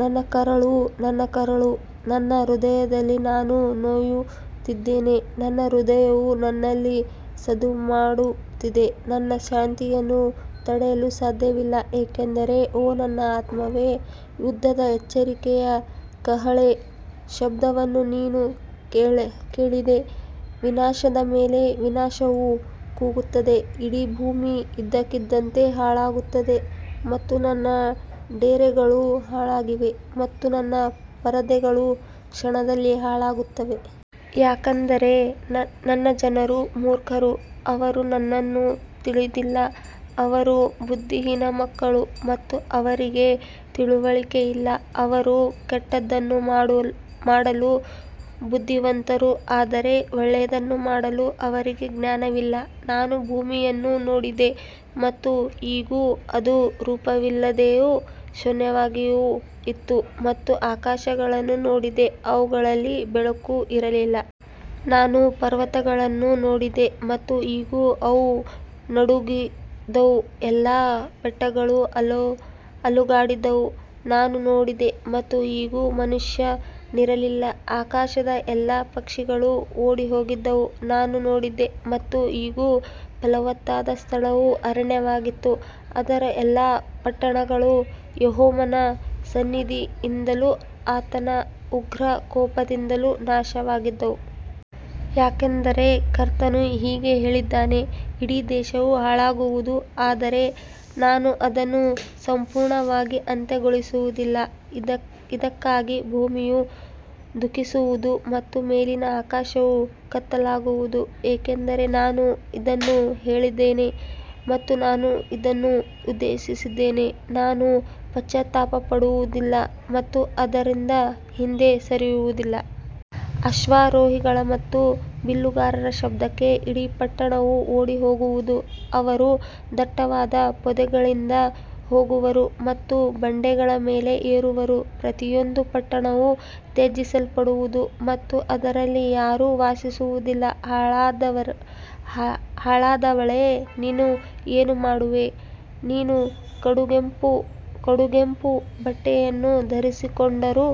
ನನ್ನ ಕರುಳು, ನನ್ನ ಕರುಳು, ನನ್ನ ಹೃದಯದಲ್ಲಿ ನಾನು ನೋಯುತ್ತಿದ್ದೇನೆ. ನನ್ನ ಹೃದಯವು ನನ್ನಲ್ಲಿ ಸದ್ದುಮಾಡುತ್ತಿದೆ. ನನ್ನ ಶಾಂತಿಯನ್ನು ತಡೆಯಲು ಸಾಧ್ಯವಿಲ್ಲ. ಏಕೆಂದರೆ, ಓ ನನ್ನ ಆತ್ಮವೇ, ಯುದ್ಧದ ಎಚ್ಚರಿಕೆಯ ಕಹಳೆ ಶಬ್ದವನ್ನು ನೀನು ಕೇಳಿದೆ. ವಿನಾಶದ ಮೇಲೆ ವಿನಾಶವು ಕೂಗುತ್ತದೆ, ಇಡೀ ಭೂಮಿ ಇದ್ದಕ್ಕಿದ್ದಂತೆ ಹಾಳಾಗುತ್ತದೆ ಮತ್ತು ನನ್ನ ಡೇರೆಗಳು ಹಾಳಾಗಿವೆ ಮತ್ತು ನನ್ನ ಪರದೆಗಳು ಕ್ಷಣದಲ್ಲಿ ಹಾಳಾಗುತ್ತವೆ. ಯಾಕಂದರೆ ನನ್ನ ಜನರು ಮೂರ್ಖರು, ಅವರು ನನ್ನನ್ನು ತಿಳಿದಿಲ್ಲ. ಅವರು ಬುದ್ಧಿಹೀನ ಮಕ್ಕಳು ಮತ್ತು ಅವರಿಗೆ ತಿಳುವಳಿಕೆಯಿಲ್ಲ. ಅವರು ಕೆಟ್ಟದ್ದನ್ನು ಮಾಡಲು ಬುದ್ಧಿವಂತರು, ಆದರೆ ಒಳ್ಳೆಯದನ್ನು ಮಾಡಲು ಅವರಿಗೆ ಜ್ಞಾನವಿಲ್ಲ. ನಾನು ಭೂಮಿಯನ್ನು ನೋಡಿದೆ, ಮತ್ತು ಇಗೋ, ಅದು ರೂಪವಿಲ್ಲದೆಯೂ ಶೂನ್ಯವಾಗಿಯೂ ಇತ್ತು, ಮತ್ತು ಆಕಾಶಗಳನ್ನು ನೋಡಿದೆ, ಅವುಗಳಲ್ಲಿ ಬೆಳಕು ಇರಲಿಲ್ಲ. ನಾನು ಪರ್ವತಗಳನ್ನು ನೋಡಿದೆ, ಮತ್ತು ಇಗೋ, ಅವು ನಡುಗಿದವು, ಎಲ್ಲಾ ಬೆಟ್ಟಗಳು ಅಲುಗಾಡಿದವು. ನಾನು ನೋಡಿದೆ, ಮತ್ತು ಇಗೋ, ಮನುಷ್ಯನಿರಲಿಲ್ಲ, ಆಕಾಶದ ಎಲ್ಲಾ ಪಕ್ಷಿಗಳು ಓಡಿಹೋಗಿದ್ದವು. ನಾನು ನೋಡಿದೆ, ಮತ್ತು ಇಗೋ, ಫಲವತ್ತಾದ ಸ್ಥಳವು ಅರಣ್ಯವಾಗಿತ್ತು, ಅದರ ಎಲ್ಲಾ ಪಟ್ಟಣಗಳು ಯೆಹೋವನ ಸನ್ನಿಧಿಯಿಂದಲೂ ಆತನ ಉಗ್ರ ಕೋಪದಿಂದಲೂ ನಾಶವಾಗಿದ್ದವು. ಯಾಕಂದರೆ ಕರ್ತನು ಹೀಗೆ ಹೇಳಿದ್ದಾನೆ, ಇಡೀ ದೇಶವು ಹಾಳಾಗುವುದು, ಆದರೆ ನಾನು ಅದನ್ನು ಸಂಪೂರ್ಣವಾಗಿ ಅಂತ್ಯಗೊಳಿಸುವುದಿಲ್ಲ. ಇದಕ್ಕಾಗಿ ಭೂಮಿಯು ದುಃಖಿಸುವುದು ಮತ್ತು ಮೇಲಿನ ಆಕಾಶವು ಕತ್ತಲಾಗುವುದು, ಏಕೆಂದರೆ ನಾನು ಇದನ್ನು ಹೇಳಿದ್ದೇನೆ ಮತ್ತು ನಾನು ಇದನ್ನು ಉದ್ದೇಶಿಸಿದ್ದೇನೆ, ನಾನು ಪಶ್ಚಾತ್ತಾಪಪಡುವುದಿಲ್ಲ ಮತ್ತು ಅದರಿಂದ ಹಿಂದೆ ಸರಿಯುವುದಿಲ್ಲ. ಅಶ್ವಾರೋಹಿಗಳ ಮತ್ತು ಬಿಲ್ಲುಗಾರರ ಶಬ್ದಕ್ಕೆ ಇಡೀ ಪಟ್ಟಣವು ಓಡಿಹೋಗುವುದು. ಅವರು ದಟ್ಟವಾದ ಪೊದೆಗಳಿಗೆ ಹೋಗುವರು ಮತ್ತು ಬಂಡೆಗಳ ಮೇಲೆ ಏರುವರು. ಪ್ರತಿಯೊಂದು ಪಟ್ಟಣವೂ ತ್ಯಜಿಸಲ್ಪಡುವುದು ಮತ್ತು ಅದರಲ್ಲಿ ಯಾರೂ ವಾಸಿಸುವುದಿಲ್ಲ. ಹಾಳಾದವಳೇ, ನೀನು ಏನು ಮಾಡುವೆ? ನೀನು ಕಡುಗೆಂಪು ಬಟ್ಟೆಯನ್ನು ಧರಿಸಿಕೊಂಡರೂ,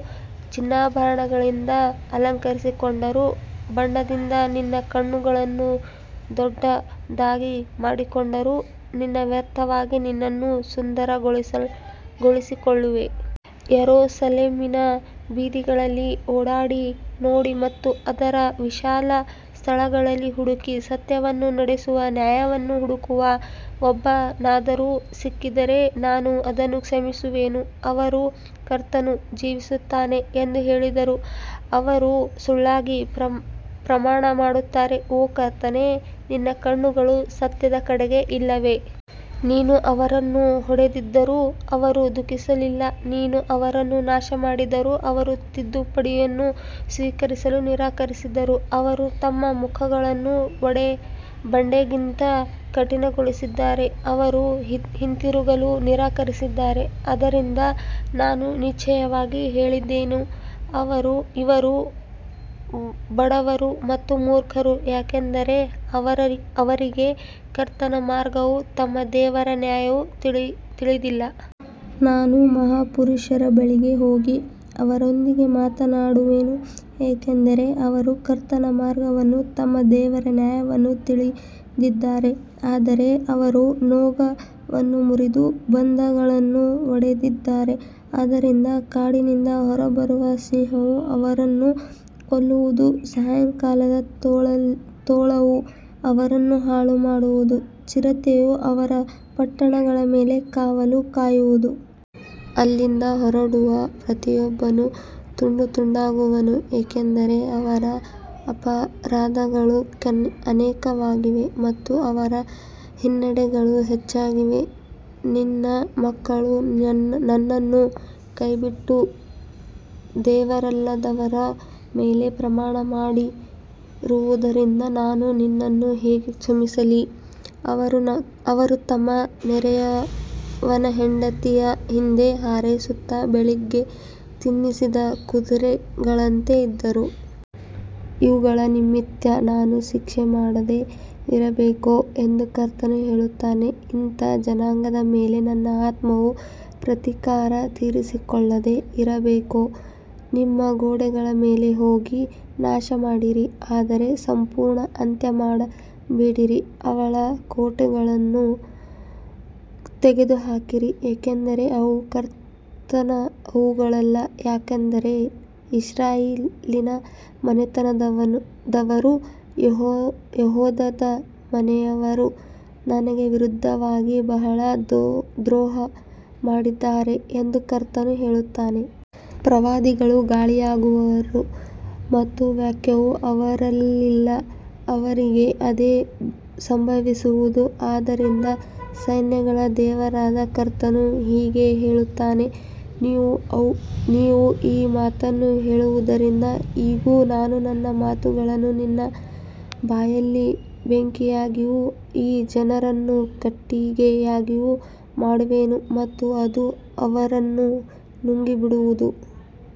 ಚಿನ್ನಾಭರಣಗಳಿಂದ ಅಲಂಕರಿಸಿಕೊಂಡರೂ, ಬಣ್ಣದಿಂದ ನಿನ್ನ ಕಣ್ಣುಗಳನ್ನು ದೊಡ್ಡದಾಗಿ ಮಾಡಿಕೊಂಡರೂ, ನೀನು ವ್ಯರ್ಥವಾಗಿ ನಿನ್ನನ್ನು ಸುಂದರಗೊಳಿಸಿಕೊಳ್ಳುವೆ. ಯೆರೂಸಲೇಮಿನ ಬೀದಿಗಳಲ್ಲಿ ಓಡಾಡಿ ನೋಡಿ ಮತ್ತು ಅದರ ವಿಶಾಲ ಸ್ಥಳಗಳಲ್ಲಿ ಹುಡುಕಿ, ಸತ್ಯವನ್ನು ನಡೆಸುವ, ನ್ಯಾಯವನ್ನು ಹುಡುಕುವ ಒಬ್ಬನಾದರೂ ಸಿಕ್ಕಿದರೆ ನಾನು ಅದನ್ನು ಕ್ಷಮಿಸುವೆನು. ಅವರು ಕರ್ತನು ಜೀವಿಸುತ್ತಾನೆ ಎಂದು ಹೇಳಿದರೂ, ಅವರು ಸುಳ್ಳಾಗಿ ಪ್ರಮಾಣಮಾಡುತ್ತಾರೆ. ಓ ಕರ್ತನೇ, ನಿನ್ನ ಕಣ್ಣುಗಳು ಸತ್ಯದ ಕಡೆಗೆ ಇಲ್ಲವೇ? ನೀನು ಅವರನ್ನು ಹೊಡೆದಿದ್ದರೂ ಅವರು ದುಃಖಿಸಲಿಲ್ಲ. ನೀನು ಅವರನ್ನು ನಾಶಮಾಡಿದರೂ ಅವರು ತಿದ್ದುಪಡಿಯನ್ನು ಸ್ವೀಕರಿಸಲು ನಿರಾಕರಿಸಿದರು. ಅವರು ತಮ್ಮ ಮುಖಗಳನ್ನು ಬಂಡೆಗಿಂತ ಕಠಿಣಗೊಳಿಸಿದ್ದಾರೆ. ಅವರು ಹಿಂತಿರುಗಲು ನಿರಾಕರಿಸಿದ್ದಾರೆ. ಆದ್ದರಿಂದ ನಾನು ನಿಶ್ಚಯವಾಗಿ ಹೇಳಿದೆನು, ಇವರು ಬಡವರು ಮತ್ತು ಮೂರ್ಖರು, ಯಾಕಂದರೆ ಅವರಿಗೆ ಕರ್ತನ ಮಾರ್ಗವೂ ತಮ್ಮ ದೇವರ ನ್ಯಾಯವೂ ತಿಳಿದಿಲ್ಲ. ನಾನು ಮಹಾಪುರುಷರ ಬಳಿಗೆ ಹೋಗಿ ಅವರೊಂದಿಗೆ ಮಾತನಾಡುವೆನು, ಏಕೆಂದರೆ ಅವರು ಕರ್ತನ ಮಾರ್ಗವನ್ನೂ ತಮ್ಮ ದೇವರ ನ್ಯಾಯವನ್ನೂ ತಿಳಿದಿದ್ದಾರೆ. ಆದರೆ ಅವರೂ ನೊಗವನ್ನು ಮುರಿದು ಬಂಧಗಳನ್ನು ಒಡೆದಿದ್ದಾರೆ. ಆದ್ದರಿಂದ ಕಾಡಿನಿಂದ ಹೊರಬರುವ ಸಿಂಹವು ಅವರನ್ನು ಕೊಲ್ಲುವುದು, ಸಾಯಂಕಾಲದ ತೋಳವು ಅವರನ್ನು ಹಾಳುಮಾಡುವುದು, ಚಿರತೆಯು ಅವರ ಪಟ್ಟಣಗಳ ಮೇಲೆ ಕಾವಲು ಕಾಯುವುದು. ಅಲ್ಲಿಂದ ಹೊರಡುವ ಪ್ರತಿಯೊಬ್ಬನೂ ತುಂಡುತುಂಡಾಗುವನು, ಏಕೆಂದರೆ ಅವರ ಅಪರಾಧಗಳು ಅನೇಕವಾಗಿವೆ ಮತ್ತು ಅವರ ಹಿನ್ನಡೆಗಳು ಹೆಚ್ಚಾಗಿವೆ. ನಿನ್ನ ಮಕ್ಕಳು ನನ್ನನ್ನು ಕೈಬಿಟ್ಟು ದೇವರಲ್ಲದವರ ಮೇಲೆ ಪ್ರಮಾಣಮಾಡಿರುವುದರಿಂದ ನಾನು ನಿನ್ನನ್ನು ಹೇಗೆ ಕ್ಷಮಿಸಲಿ? ಅವರು ತಮ್ಮ ನೆರೆಯವನ ಹೆಂಡತಿಯ ಹಿಂದೆ ಹಾರೈಸುತ್ತಾ, ಬೆಳಿಗ್ಗೆ ತಿನ್ನಿಸಿದ ಕುದುರೆಗಳಂತೆ ಇದ್ದರು. ಇವುಗಳ ನಿಮಿತ್ತ ನಾನು ಶಿಕ್ಷೆ ಮಾಡದೆ ಇರಬೇಕೋ? ಎಂದು ಕರ್ತನು ಹೇಳುತ್ತಾನೆ. ಇಂಥ ಜನಾಂಗದ ಮೇಲೆ ನನ್ನ ಆತ್ಮವು ಪ್ರತೀಕಾರ ತೀರಿಸಿಕೊಳ್ಳದೆ ಇರಬೇಕೋ? ನಿಮ್ಮ ಗೋಡೆಗಳ ಮೇಲೆ ಹೋಗಿ ನಾಶಮಾಡಿರಿ, ಆದರೆ ಸಂಪೂರ್ಣ ಅಂತ್ಯಮಾಡಬೇಡಿರಿ. ಅವಳ ಕೋಟೆಗಳನ್ನು ತೆಗೆದುಹಾಕಿರಿ, ಏಕೆಂದರೆ ಅವು ಕರ್ತನವುಗಳಲ್ಲ. ಯಾಕಂದರೆ ಇಸ್ರಾಯೇಲಿನ ಮನೆತನದವರೂ ಯೆಹೂದದ ಮನೆಯವರೂ ನನಗೆ ವಿರುದ್ಧವಾಗಿ ಬಹಳ ದ್ರೋಹಮಾಡಿದ್ದಾರೆ ಎಂದು ಕರ್ತನು ಹೇಳುತ್ತಾನೆ. ಪ್ರವಾದಿಗಳು ಗಾಳಿಯಾಗುವರು ಮತ್ತು ವಾಕ್ಯವು ಅವರಲ್ಲಿಲ್ಲ, ಅವರಿಗೆ ಅದೇ ಸಂಭವಿಸುವುದು. ಆದ್ದರಿಂದ ಸೈನ್ಯಗಳ ದೇವರಾದ ಕರ್ತನು ಹೀಗೆ ಹೇಳುತ್ತಾನೆ, ನೀವು ಈ ಮಾತನ್ನು ಹೇಳುವುದರಿಂದ, ಇಗೋ, ನಾನು ನನ್ನ ಮಾತುಗಳನ್ನು ನಿನ್ನ ಬಾಯಲ್ಲಿ ಬೆಂಕಿಯಾಗಿಯೂ ಈ ಜನರನ್ನು ಕಟ್ಟಿಗೆಯಾಗಿಯೂ ಮಾಡುವೆನು ಮತ್ತು ಅದು ಅವರನ್ನು ನುಂಗಿಬಿಡುವುದು.